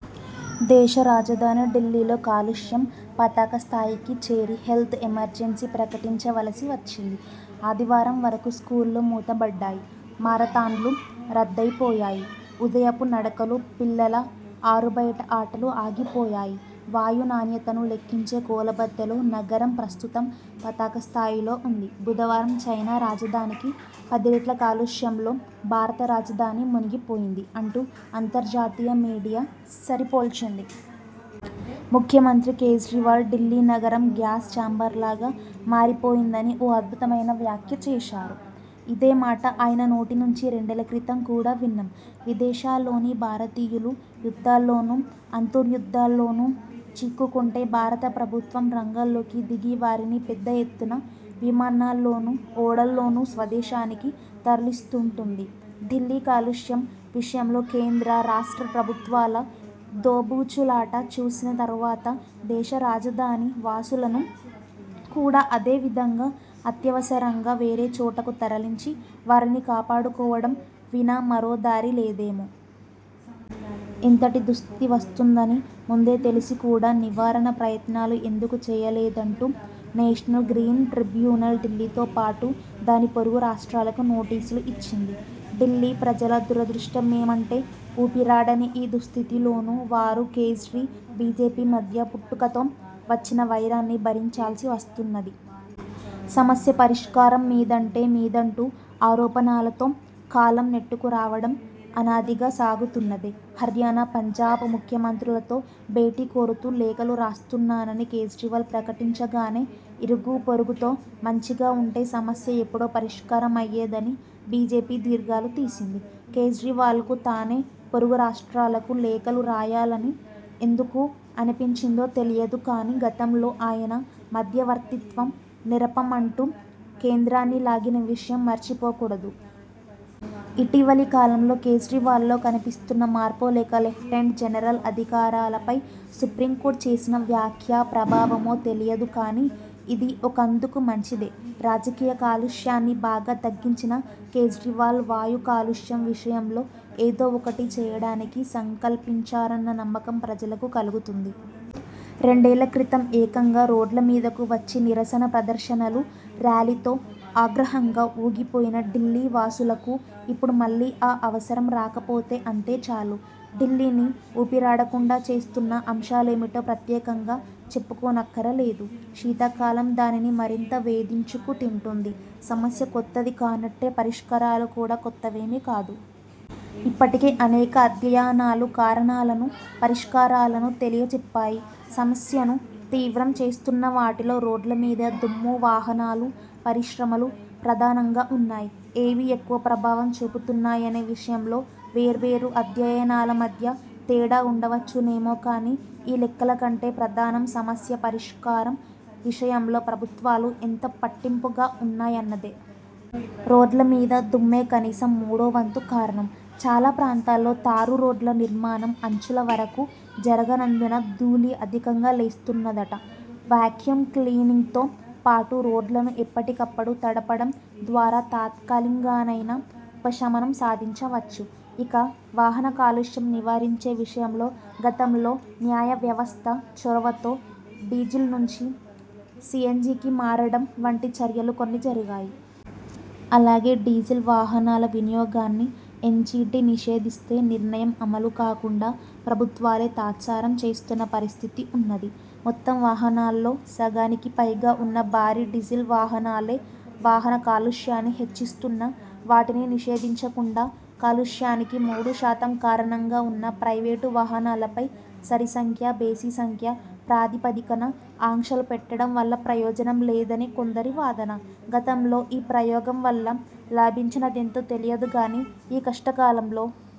దేశ రాజధాని ఢిల్లీలో కాలుష్యం పతాకస్థాయికి చేరి హెల్త్ ఎమర్జెన్సీ ప్రకటించవలసి వచ్చింది. ఆదివారం వరకూ స్కూళ్ళు మూతబడ్డాయి, మారథాన్లు రద్దయిపోయాయి, ఉదయపు నడకలు, పిల్లల ఆరుబయట ఆటలూ ఆగిపోయాయి. వాయు నాణ్యతను లెక్కించే కొలబద్దలో నగరం ప్రస్తుతం పతాకస్థాయిలో ఉంది. 'బుధవారం చైనా రాజధానికి పదిరెట్ల కాలుష్యంలో భారత రాజధాని మునిగిపోయింది' అంటూ అంతర్జాతీయ మీడియా సరిపోల్చింది. ముఖ్యమంత్రి కేజ్రీవాల్ ఢిల్లీ నగరం గ్యాస్ చాంబర్లాగా మారిపోయిందని ఓ అద్భుతమైన వ్యాఖ్య చేశారు. ఇదేమాట ఆయన నోటినుంచి రెండేళ్ళక్రితం కూడా విన్నాం. విదేశాల్లోని భారతీయులు యుద్ధాల్లోనో, అంతర్యుద్ధాల్లోనో చిక్కుకుంటే భారతప్రభుత్వం రంగంలోకి దిగి వారిని పెద్ద ఎత్తున విమానాల్లోనూ, ఓడల్లోనూ స్వదేశానికి తరలిస్తూంటుంది. ఢిల్లీ కాలుష్యం విషయంలో కేంద్ర, రాష్ట్ర ప్రభుత్వాల దోబూచులాట చూసిన తరువాత, దేశ రాజధాని వాసులను కూడా అదే విధంగా అత్యవసరంగా వేరేచోటకు తరలించి వారిని కాపాడుకోవడం వినా మరో దారి లేదేమో! ఇంతటి దుస్థితి వస్తుందని ముందే తెలిసి కూడా నివారణ ప్రయత్నాలు ఎందుకు చేయలేదంటూ నేషనల్ గ్రీన్ ట్రిబ్యునల్ ఢిల్లీతో పాటు దాని పొరుగు రాష్ట్రాలకు నోటీసులు ఇచ్చింది. ఢిల్లీ ప్రజల దురదృష్టమేమంటే, ఊపిరాడని ఈ దుస్థితిలోనూ వారు కేజ్రీ, బీజేపీ మధ్య పుట్టుకతో వచ్చిన వైరాన్ని భరించాల్సి వస్తున్నది. సమస్య పరిష్కారం మీదంటే మీదంటూ ఆరోపణలతో కాలం నెట్టుకురావడం అనాదిగా సాగుతున్నదే. హర్యానా, పంజాబ్ ముఖ్యమంత్రులతో భేటీ కోరుతూ లేఖలు రాస్తున్నానని కేజ్రీవాల్ ప్రకటించగానే, ఇరుగూ పొరుగుతో మంచిగా ఉంటే సమస్య ఎప్పుడో పరిష్కారమయ్యేదని బీజేపీ దీర్ఘాలు తీసింది. కేజ్రీవాల్కు తానే పొరుగు రాష్ట్రాలకు లేఖలు రాయాలని ఎందుకు అనిపించిందో తెలియదు కానీ, గతంలో ఆయన మధ్యవర్తిత్వం నెరపమంటూ కేంద్రాన్ని లాగిన విషయం మరిచిపోకూడదు. ఇటీవలి కాలంలో కేజ్రీవాల్లో కనిపిస్తున్న మార్పో, లేక లెఫ్ట్నెంట్ జనరల్ అధికారాలపై సుప్రీంకోర్టు చేసిన వ్యాఖ్య ప్రభావమో తెలియదు కానీ ఇదీ ఒకందుకు మంచిదే. రాజకీయ కాలుష్యాన్ని బాగా తగ్గించిన కేజ్రీవాల్ వాయు కాలుష్యం విషయంలో ఏదో ఒకటి చేయడానికి సంకల్పించారన్న నమ్మకం ప్రజలకు కలుగుతుంది. రెండేళ్ళక్రితం ఏకంగా రోడ్లమీదకు వచ్చి నిరసన ప్రదర్శనలు, ర్యాలీలతో ఆగ్రహంగా ఊగిపోయిన ఢిల్లీ వాసులకు ఇప్పుడు మళ్ళీ ఆ అవసరం రాకపోతే అంతే చాలు. ఢిల్లీని ఊపిరాడకుండా చేస్తున్న అంశాలేమిటో ప్రత్యేకంగా చెప్పుకోనక్కరలేదు. శీతాకాలం దానిని మరింత వేధించుకు తింటుంది. సమస్య కొత్తది కానట్టే, పరిష్కారాలు కూడా కొత్తవేమీ కాదు. ఇప్పటికే అనేక అధ్యయనాలు కారణాలను, పరిష్కారాలను తెలియచెప్పాయి. సమస్యను తీవ్రం చేస్తున్నవాటిలో రోడ్లమీద దుమ్ము, వాహనాలు, పరిశ్రమలు ప్రధానంగా ఉన్నాయి. ఏవి ఎక్కువ ప్రభావం చూపుతున్నాయనే విషయంలో వేర్వేరు అధ్యయనాల మధ్య తేడా వుండవచ్చునేమో కానీ, ఈ లెక్కల కంటే ప్రధానం సమస్య పరిష్కారం విషయంలో ప్రభుత్వాలు ఎంత పట్టింపుగా ఉన్నాయన్నదే. రోడ్లమీద దుమ్మే కనీసం మూడోవంతు కారణం. చాలా ప్రాంతాల్లో తారు రోడ్ల నిర్మాణం అంచుల వరకూ జరగనందున ధూళి అధికంగా లేస్తున్నదట. వాక్యూమ్ క్లీనింగ్తో పాటు రోడ్లను ఎప్పటికప్పుడు తడపడం ద్వారా తాత్కాలికంగానైనా ఉపశమనం సాధించవచ్చు. ఇక, వాహనకాలుష్యం నివారించే విషయంలో గతంలో న్యాయవ్యవస్థ చొరవతో డీజిల్నుంచి సీఎన్జీకి మారడం వంటి చర్యలు కొన్ని జరిగాయి. అలాగే, డీజిల్ వాహనాల వినియోగాన్ని ఎన్జీటీ నిషేధిస్తే నిర్ణయం అమలు కాకుండా ప్రభుత్వాలే తాత్సారం చేస్తున్న పరిస్థితీ ఉన్నది. మొత్తం వాహనాల్లో సగానికిపైగా ఉన్న భారీ డిజిల్ వాహనాలే వాహనకాలుష్యాన్ని హెచ్చిస్తున్నా, వాటిని నిషేధించకుండా కాలుష్యానికి మూడుశాతం కారణంగా ఉన్న ప్రైవేటు వాహనాలపై సరిసంఖ్య బేసిసంఖ్య ప్రాతిపదికన ఆంక్షలు పెట్టడం వల్ల ప్రయోజనం లేదని కొందరి వాదన. గతంలో ఈ ప్రయోగం వల్ల లాభించినదెంతో తెలియదు కానీ, ఈ కష్టకాలంలో